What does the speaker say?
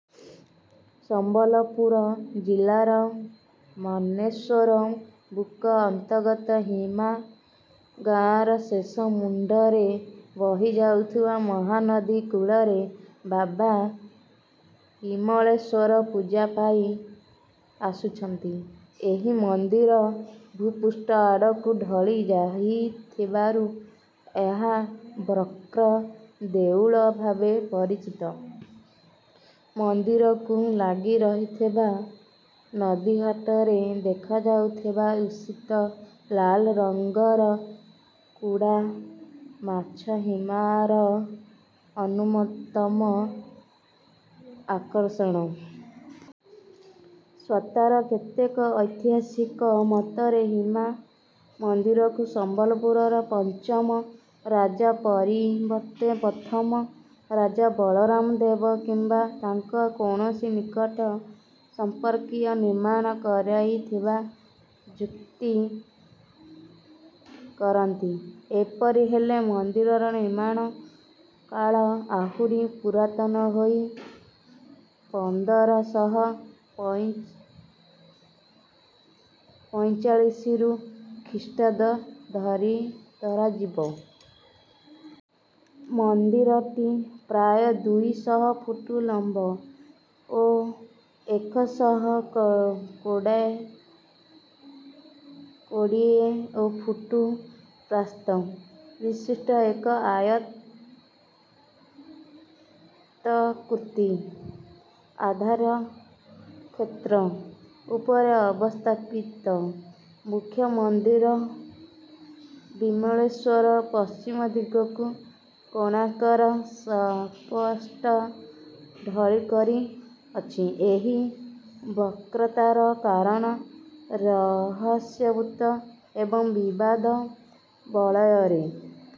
ସମ୍ବଲପୁର ଜିଲ୍ଲାର ମାନେଶ୍ୱର ବ୍ଲକ ଅନ୍ତର୍ଗତ ହୁମା ଗାଁର ଶେଷମୁଣ୍ଡରେ ବହିଯାଉଥିବା ମହାନଦୀ କୂଳରେ ବାବା ବିମଳେଶ୍ୱର ପୂଜା ପାଇ ଆସୁଛନ୍ତି। ଏହି ମନ୍ଦିର ଭୂପୃଷ୍ଠ ଆଡ଼କୁ ଢଳି ରହିଥିବାରୁ ଏହା ବକ୍ର ଦେଉଳ ଭାବେ ପରିଚିତ। ମନ୍ଦିରକୁ ଲାଗିରହିଥିବା ନଦୀଘାଟରେ ଦେଖାଯାଉଥିବା ଈଷତ୍ ଲାଲ ରଙ୍ଗର କୁଡ଼ୋ ମାଛ ହୁମାର ଅନ୍ୟତମ ଆକର୍ଷଣ। ସୁତରାଂ କେତେକ ଐତିହାସିକଙ୍କ ମତରେ ହୁମା ମନ୍ଦିରକୁ ସମ୍ବଲପୁରର ପଞ୍ଚମ ରାଜା ପରିବର୍ତ୍ତେ ପ୍ରଥମ ରାଜା ବଳରାମ ଦେବ କିମ୍ବା ତାଙ୍କ କୌଣସି ନିକଟ ସମ୍ପର୍କୀୟ ନିର୍ମାଣ କରେଇଥିବା ଯୁକ୍ତି କରନ୍ତି। ଏପରି ହେଲେ ମନ୍ଦିରର ନିର୍ମାଣ କାଳ ଆହୁରି ପୁରାତନ ହୋଇ ପନ୍ଦର ଶହ ପଞ୍ଚଚାଳିଶରୁ ଖ୍ରୀଷ୍ଟାବ୍ଦ ଧରାଯିବ। ମନ୍ଦିରଟି ପ୍ରାୟ ଦୁଇ ଶହ ଫୁଟ ଲମ୍ବ ଓ ଏକ ଶହ କୋଡ଼ିଏ ଫୁଟ ପ୍ରସ୍ଥ ବିଶିଷ୍ଟ ଏକ ଆୟତାକୃତି ଆଧାରକ୍ଷେତ୍ର ଉପରେ ଅବସ୍ଥାପିତ। ମୁଖ୍ୟ ମନ୍ଦିର ବିମଳେଶ୍ୱର ପଶ୍ଚିମ ଦିଗକୁ କୋଣରେ ସ୍ପଷ୍ଟ ଢଳିକରି ଅଛି। ଏହି ବକ୍ରତାର କାରଣ ରହସ୍ୟାବୃତ୍ତ ଏବଂ ବିବାଦ ବଳୟରେ।